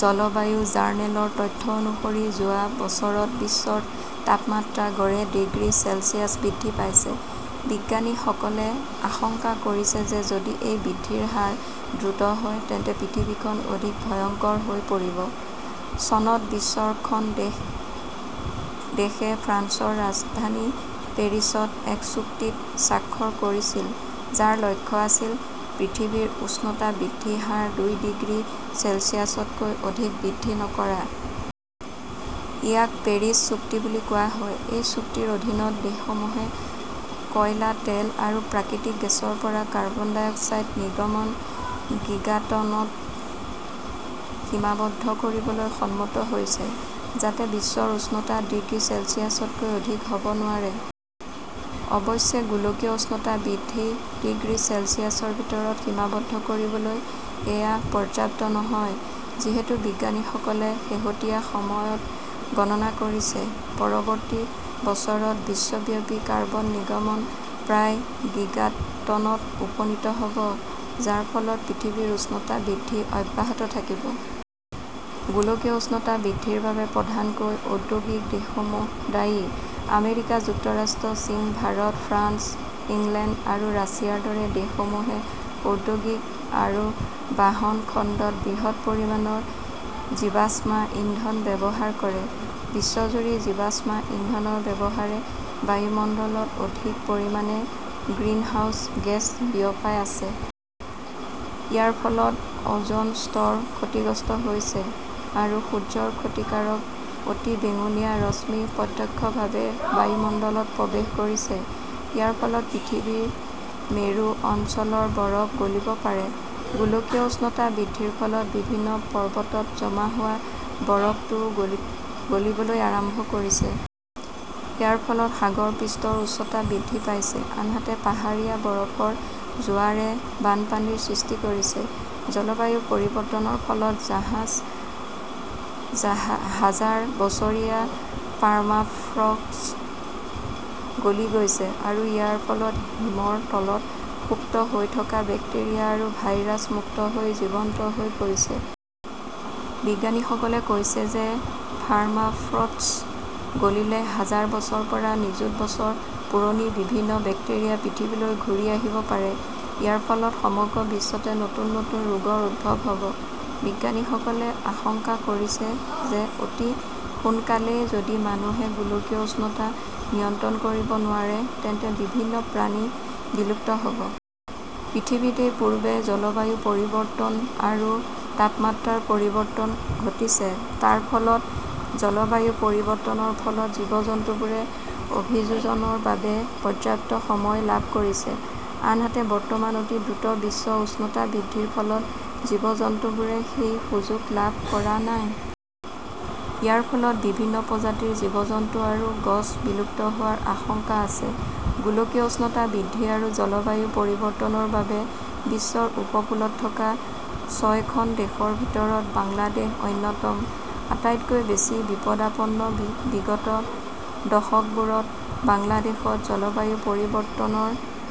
জলবায়ু জাৰ্নেলৰ তথ্য অনুসৰি, যোৱা বছৰত বিশ্বৰ তাপমাত্ৰা গড়ে ডিগ্ৰী চেলছিয়াছ বৃদ্ধি পাইছে। বিজ্ঞানীসকলে আশংকা কৰিছে যে যদি এই বৃদ্ধিৰ হাৰ দ্ৰুত হয় তেন্তে পৃথিৱীখন অধিক ভয়ংকৰ হৈ পৰিব। চনত বিশ্বৰ খন দেশে ফ্ৰান্সৰ ৰাজধানী পেৰিছত এক চুক্তিত স্বাক্ষৰ কৰিছিল যাৰ লক্ষ্য আছিল পৃথিৱীৰ উষ্ণতা বৃদ্ধিৰ হাৰ দুই ডিগ্ৰী চেলছিয়াছতকৈ অধিক বৃদ্ধি নকৰা। ইয়াক পেৰিছ চুক্তি বুলি কোৱা হয়। এই চুক্তিৰ অধীনত দেশসমূহে কয়লা, তেল আৰু প্ৰাকৃতিক গেছৰ পৰা কাৰ্বন ডাই অক্সাইডৰ নিৰ্গমন গিগাটনত সীমাবদ্ধ কৰিবলৈ সন্মত হৈছে যাতে বিশ্বৰ উষ্ণতা ডিগ্ৰী চেলছিয়াছতকৈ অধিক হ "ব নোৱাৰে। অৱশ্যে, গোলকীয় উষ্ণতা বৃদ্ধি ডিগ্ৰী চেলছিয়াছৰ ভিতৰত সীমাবদ্ধ কৰিবলৈ এয়া পৰ্যাপ্ত নহয়। যিহেতু বিজ্ঞানীসকলে শেহতীয়া সময়ত গণনা কৰিছে, পৰৱৰ্তী বছৰত বিশ্বব্যাপী কাৰ্বন নিৰ্গমন প্ৰায় গিগাটনত উপনীত হ 'ব, যাৰ ফলত পৃথিৱীৰ উষ্ণতা বৃদ্ধি অব্যাহত থাকিব। গোলকীয় উষ্ণতা বৃদ্ধিৰ বাবে প্ৰধানকৈ ঔদ্যোগিক দেশসমূহ দায়ী। আমেৰিকা যুক্তৰাষ্ট্ৰ, চীন, ভাৰত, ফ্ৰান্স, ইংলেণ্ড আৰু ৰাছিয়াৰ দৰে দেশসমূহে ঔদ্যোগিক আৰু বাহন খণ্ডত বৃহৎ পৰিমাণৰ জীৱাশ্ম ইন্ধন ব্যৱহাৰ কৰে। বিশ্বজুৰি জীৱাশ্ম ইন্ধনৰ ব্যৱহাৰে বায়ুমণ্ডলত অধিক পৰিমাণে গ্ৰিনহাউজ গেছ বিয়পাই আছে। ইয়াৰ ফলত অ "জন স্তৰ ক্ষতিগ্ৰস্ত হৈছে আৰু সূৰ্যৰ ক্ষতিকাৰক অতিবেঙুনীয়া ৰশ্মি প্ৰত্যক্ষভাৱে বায়ুমণ্ডলত প্ৰৱেশ কৰিছে। ইয়াৰ ফলত পৃথিৱীৰ মেৰু অঞ্চলৰ বৰফ গলিব পাৰে। গোলকীয় উষ্ণতা বৃদ্ধিৰ ফলত বিভিন্ন পৰ্বতত জমা হোৱা বৰফটোও গলিবলৈ আৰম্ভ কৰিছে। ইয়াৰ ফলত সাগৰ পৃষ্ঠৰ উচ্চতা বৃদ্ধি পাইছে, আনহাতে পাহাৰীয়া বৰফৰ জোৱাৰে বানপানীৰ সৃষ্টি কৰিছে। জলবায়ু পৰিৱৰ্তনৰ ফলত হাজাৰ বছৰীয়া পাৰ্মাফ্ৰষ্ট গলি গৈছে আৰু ইয়াৰ ফলত হিমৰ তলত সুপ্ত হৈ থকা বেক্টেৰিয়া আৰু ভাইৰাছ মুক্ত হৈ জীৱন্ত হৈ পৰিছে। বিজ্ঞানীসকলে কৈছিল যে পাৰ্মাফ্ৰষ্ট গলিলে হাজাৰ বছৰৰ পৰা নিযুত বছৰ পুৰণি বিভিন্ন বেক্টেৰিয়া পৃথিৱীলৈ ঘূৰি আহিব পাৰে। ইয়াৰ ফলত সমগ্ৰ বিশ্বতে নতুন নতুন ৰোগৰ উদ্ভৱ হ "ব। বিজ্ঞানীসকলে আশংকা কৰিছে যে অতি সোনকালেই যদি মানুহে গোলকীয় উষ্ণতা নিয়ন্ত্ৰণ কৰিব নোৱাৰে তেন্তে বিভিন্ন প্ৰাণী বিলুপ্ত হ 'ব। পৃথিৱীত ইয়াৰ পূৰ্বে জলবায়ু পৰিৱৰ্তন আৰু তাপমাত্ৰাৰ পৰিৱৰ্তন ঘটিছে। তাৰ পিছত জলবায়ু পৰিৱৰ্তনৰ ফলত জীৱ-জন্তুবোৰে অভিযোজনৰ বাবে পৰ্যাপ্ত সময় লাভ কৰিছে। আনহাতে, বৰ্তমান অতি দ্ৰুত বিশ্ব উষ্ণতা বৃদ্ধিৰ ফলত জীৱ-জন্তুবোৰে সেই সুযোগ লাভ কৰা নাই। ইয়াৰ ফলত বিভিন্ন প্ৰজাতিৰ জীৱ-জন্তু আৰু গছ বিলুপ্ত হোৱাৰ আশংকা আছে। গোলকীয় উষ্ণতা বৃদ্ধি আৰু জলবায়ু পৰিৱৰ্তনৰ বাবে বিশ্বৰ উপকূলত থকা ছয়খন দেশৰ ভিতৰত বাংলাদেশ অন্যতম আটাইতকৈ বেছি বিপদাপন্ন। বিগত দশকবোৰত বাংলাদেশত জলবায়ু পৰিৱৰ্তনৰ